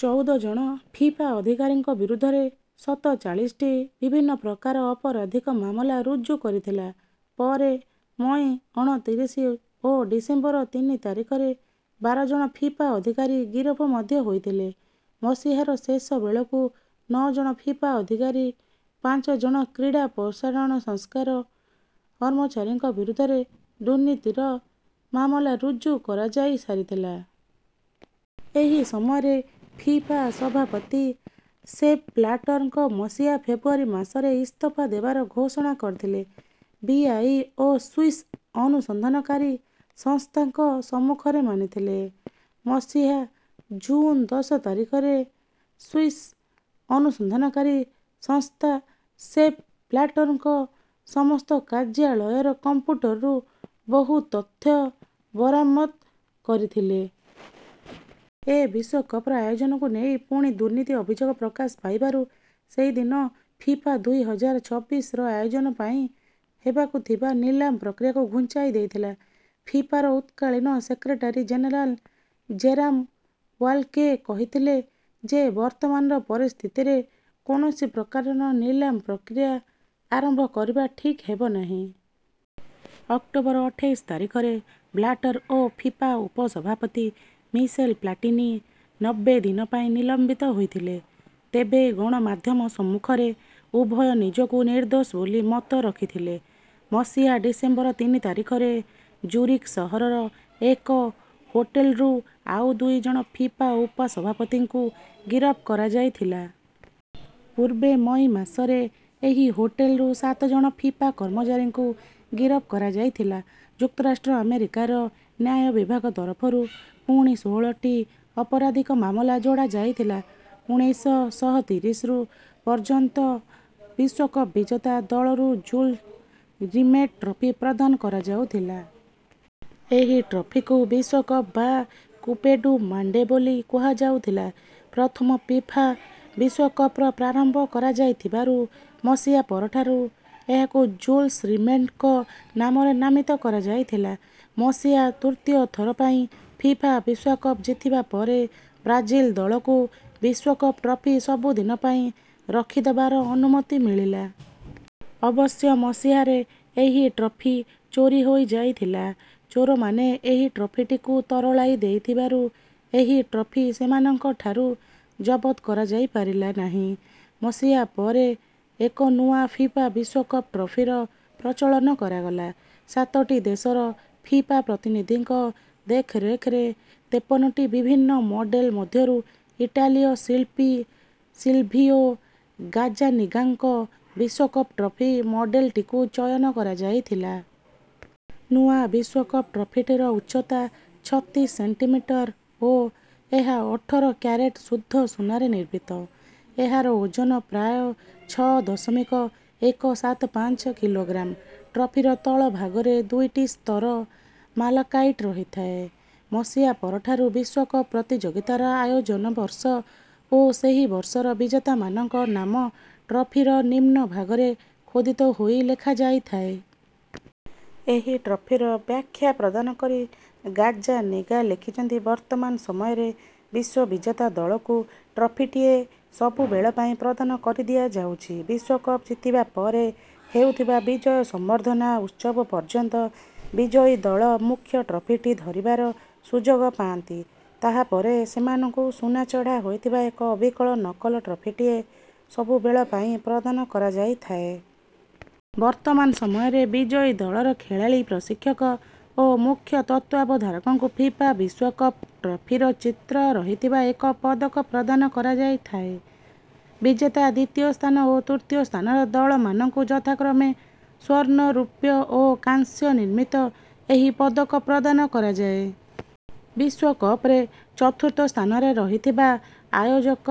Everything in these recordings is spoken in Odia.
ଚଉଦ ଜଣ ଫିଫା ଅଧିକାରୀଙ୍କ ବିରୁଦ୍ଧରେ ସତଚାଳିଶଟି ବିଭିନ୍ନ ପ୍ରକାରର ଅପରାଧିକ ମାମଲା ରୁଜୁ କରିଥିଲା। ପରେ ମଇ ଅଣତିରିଶ ଓ ଡିସେମ୍ବର ତିନି ତାରିଖରେ ବାର ଜଣ ଫିଫା ଅଧିକାରୀ ଗିରଫ ମଧ୍ୟ ହୋଇଥିଲେ। ମସିହାର ଶେଷ ବେଳକୁ ନଅ ଜଣ ଫିଫା ଅଧିକାରୀ ପାଞ୍ଚ ଜଣ କ୍ରୀଡ଼ା ପ୍ରସାରଣ ସଂସ୍ଥାର କର୍ମଚାରୀଙ୍କ ବିରୁଦ୍ଧରେ ଦୁର୍ନୀତିର ମାମଲା ରୁଜୁ କରାଯାଇ ସାରିଥିଲା। ଏହି ସମୟରେ ଫିଫା ସଭାପତି ସେପ୍ ବ୍ଲାଟର୍ ଙ୍କ ମସିହା ଫେବୃଆରୀ ମାସରେ ଇସ୍ତଫା ଦେବାର ଘୋଷଣା କରିଥିଲେ। ବି. ଆଇ. ଓ ସ୍ୱିସ୍ ଅନୁସନ୍ଧାନକାରୀ ସଂସ୍ଥାଙ୍କ ସମ୍ମୁଖରେ ମାନିଥିଲେ। ମସିହା ଜୁନ୍ ଦଶ ତାରିଖରେ ସ୍ୱିସ୍ ଅନୁସନ୍ଧାନକାରୀ ସଂସ୍ଥା ସେପ୍ ବ୍ଲାଟର୍ଙ୍କ ସମସ୍ତ କାର୍ଯ୍ୟାଳୟର କମ୍ପ୍ୟୁଟରରୁ ବହୁ ତଥ୍ୟ ବରାମତ କରିଥିଲେ। ଓ ବିଶ୍ୱକପର ଆୟୋଜନକୁ ନେଇ ପୁଣି ଦୁର୍ନୀତି ଅଭିଯୋଗ ପ୍ରକାଶ ପାଇବାରୁ ସେହିଦିନ ଫିଫା ଦୁଇ ହଜାର ଛବିଶର ଆୟୋଜନ ପାଇଁ ହେବାକୁ ଥିବା ନିଲାମ ପ୍ରକ୍ରିୟାକୁ ଘୁଞ୍ଚାଇ ଦେଇଥିଲା। ଫିଫାର ତତ୍କାଳୀନ ସେକ୍ରେଟାରୀ ଜେନେରାଲ୍ ଜେରୋମ୍ ୱାଲ୍କେ କହିଥିଲେ ଯେ ବର୍ତ୍ତମାନର ପରିସ୍ଥିତିରେ କୌଣସି ପ୍ରକାରର ନିଲାମ ପ୍ରକ୍ରିୟା ଆରମ୍ଭ କରିବା ଠିକ୍ ହେବନାହିଁ। ଅକ୍ଟୋବର ଅଠେଇଶ ତାରିଖରେ ବ୍ଲାଟର୍ ଓ ଫିଫା ଉପସଭାପତି ମିସେଲ୍ ପ୍ଲାଟିନି ନବ୍ବେ ଦିନ ପାଇଁ ନିଲମ୍ବିତ ହୋଇଥିଲେ। ତେବେ ଗଣମାଧ୍ୟମ ସମ୍ମୁଖରେ ଉଭୟ ନିଜକୁ ନିର୍ଦ୍ଦୋଷ ବୋଲି ମତ ରଖିଥିଲେ। ମସିହା ଡିସେମ୍ବର ତିନି ତାରିଖରେ ଜୁରିକ୍ ସହରର ଏକ ହୋଟେଲ୍ରୁ ଆଉ ଦୁଇ ଜଣ ଫିଫା ଉପସଭାପତିଙ୍କୁ ଗିରଫ କରାଯାଇଥିଲା। ପୂର୍ବେ ମଇ ମାସରେ ଏହି ହୋଟେଲ୍ ରୁ ସାତ ଜଣ ଫିଫା କର୍ମଚାରୀଙ୍କୁ ଗିରଫ କରାଯାଇଥିଲା। ଯୁକ୍ତରାଷ୍ଟ୍ର ଆମେରିକାର ନ୍ୟାୟ ବିଭାଗ ତରଫରୁ ପୁଣି ଷୋହଳଟି ଅପରାଧିକ ମାମଲା ଯୋଡ଼ା ଯାଇଥିଲା। ଉଣେଇଶ ଶହ ତିରିଶରୁ ପର୍ଯ୍ୟନ୍ତ ବିଶ୍ୱକପ ବିଜେତା ଦଳକୁ ଜୁଲ୍ ସ ରିମେଟ୍ ଟ୍ରଫି ପ୍ରଦାନ କରାଯାଉଥିଲା। ଏହି ଟ୍ରଫିକୁ ବିଶ୍ୱକପ ବା କୁପେ ଡୁ ମାଣ୍ଡେ ବୋଲି କୁହାଯାଉଥିଲା। ପ୍ରଥମ ଫିଫା ବିଶ୍ୱକପର ପ୍ରାରମ୍ଭ କରାଇଥିବାରୁ ମସିହା ପରଠାରୁ ଏହାକୁ ଜୁଲ୍ସ୍ ରିମେଟ୍ଙ୍କ ନାମରେ ନାମିତ କରାଯାଇଥିଲା। ମସିହା ତୃତୀୟ ଥର ପାଇଁ ଫିଫା ବିଶ୍ୱକପ ଜିତିବା ପରେ ବ୍ରାଜିଲ ଦଳକୁ ବିଶ୍ୱକପ ଟ୍ରଫି ସବୁ ଦିନ ପାଇଁ ରଖିଦେବାର ଅନୁମତି ମିଳିଲା। ଅବଶ୍ୟ ମସିହାରେ ଏହି ଟ୍ରଫି ଚୋରି ହୋଇଯାଇଥିଲା। ଚୋରମାନେ ଏହି ଟ୍ରଫିଟିକୁ ତରଳାଇ ଦେଇଥିବାରୁ ଏହି ଟ୍ରଫି ସେମାନଙ୍କଠାରୁ ଜବତ କରାଯାଇପାରିଲା ନାହିଁ। ମସିହା ପରେ ଏକ ନୂଆ ଫିଫା ବିଶ୍ୱକପ ଟ୍ରଫିର ପ୍ରଚଳନ କରାଗଲା। ସାତଟି ଦେଶର ଫିଫା ପ୍ରତିନିଧିଙ୍କ ଦେଖରେଖରେ ତେପନଟି ବିଭିନ୍ନ ମଡେଲ୍ ମଧ୍ୟରୁ ଇଟାଲୀୟ ଶିଳ୍ପୀ ସିଲ୍ଭିଓ ଗାଜ୍ଜାନିଗାଙ୍କ ବିଶ୍ୱକପ ଟ୍ରଫି ମଡେଲ୍ଟିକୁ ଚୟନ କରାଯାଇଥିଲା। ନୂଆ ବିଶ୍ୱକପ ଟ୍ରଫିଟିର ଉଚ୍ଚତା ଛତିଶ ସେଣ୍ଟିମିଟର୍ ଓ ଏହା ଅଠର କ୍ୟାରେଟ୍ ଶୁଦ୍ଧ ସୁନାରେ ନିର୍ମିତ। ଏହାର ଓଜନ ପ୍ରାୟ ଛଅ ଦଶମିକ ଏକ ସାତ ପାଞ୍ଚ କିଲୋଗ୍ରାମ୍। ଟ୍ରଫିର ତଳଭାଗରେ ଦୁଇଟି ସ୍ତର ମାଲାକାଇଟ୍ ରହିଥାଏ। ମସିହା ପରଠାରୁ ବିଶ୍ୱକପ ପ୍ରତିଯୋଗିତାର ଆୟୋଜନ ବର୍ଷ ଓ ସେହି ବର୍ଷର ବିଜେତାମାନଙ୍କ ନାମ ଟ୍ରଫିର ନିମ୍ନ ଭାଗରେ ଖୋଦିତ ହୋଇ ଲେଖାଯାଇଥାଏ। ଏହି ଟ୍ରଫିର ବ୍ୟାଖ୍ୟା ପ୍ରଦାନ କରି ଗାଜ୍ଜାନିଗା ଲେଖିଛନ୍ତି ବର୍ତ୍ତମାନ ସମୟରେ ବିଶ୍ୱବିଜେତା ଦଳକୁ ଟ୍ରଫିଟିଏ ସବୁବେଳ ପାଇଁ ପ୍ରଦାନ କରିଦିଆଯାଉଛି। ବିଶ୍ୱକପ ଜିତିବା ପରେ ହେଉଥିବା ବିଜୟ ସମ୍ବର୍ଦ୍ଧନା ଉତ୍ସବ ପର୍ଯ୍ୟନ୍ତ ବିଜୟୀ ଦଳ ମୁଖ୍ୟ ଟ୍ରଫିଟି ଧରିବାର ସୁଯୋଗ ପାଆନ୍ତି। ତାହା ପରେ ସେମାନଙ୍କୁ ସୁନା ଚଢ଼ା ହୋଇଥିବା ଏକ ଅବିକଳ ନକଲ ଟ୍ରଫିଟିଏ ସବୁ ବେଳ ପାଇଁ ପ୍ରଦାନ କରାଯାଇଥାଏ। ବର୍ତ୍ତମାନ ସମୟରେ ବିଜୟୀ ଦଳର ଖେଳାଳୀ ପ୍ରଶିକ୍ଷକ ଓ ମୁଖ୍ୟ ତତ୍ତ୍ୱାବଧାରକଙ୍କୁ ଫିଫା ବିଶ୍ୱକପ ଟ୍ରଫିର ଚିତ୍ର ରହିଥିବା ଏକ ପଦକ ପ୍ରଦାନ କରାଯାଇଥାଏ। ବିଜେତା ଦ୍ୱିତୀୟ ସ୍ଥାନ ଓ ତୃତୀୟ ସ୍ଥାନର ଦଳମାନଙ୍କୁ ଯଥାକ୍ରମେ ସ୍ୱର୍ଣ୍ଣ ରୌପ୍ୟ ଓ କାଂସ୍ୟ ନିର୍ମିତ ଏହି ପଦକ ପ୍ରଦାନ କରାଯାଏ। ବିଶ୍ୱକପରେ ଚତୁର୍ଥ ସ୍ଥାନରେ ରହିଥିବା ଆୟୋଜକ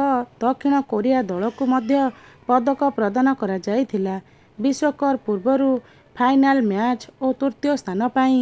ଦକ୍ଷିଣ କୋରିଆ ଦଳକୁ ମଧ୍ୟ ପଦକ ପ୍ରଦାନ କରାଯାଇଥିଲା। ବିଶ୍ୱକପ ପୂର୍ବରୁ ଫାଇନାଲ୍ ମ୍ୟାଚ୍ ଓ ତୃତୀୟ ସ୍ଥାନ ପାଇଁ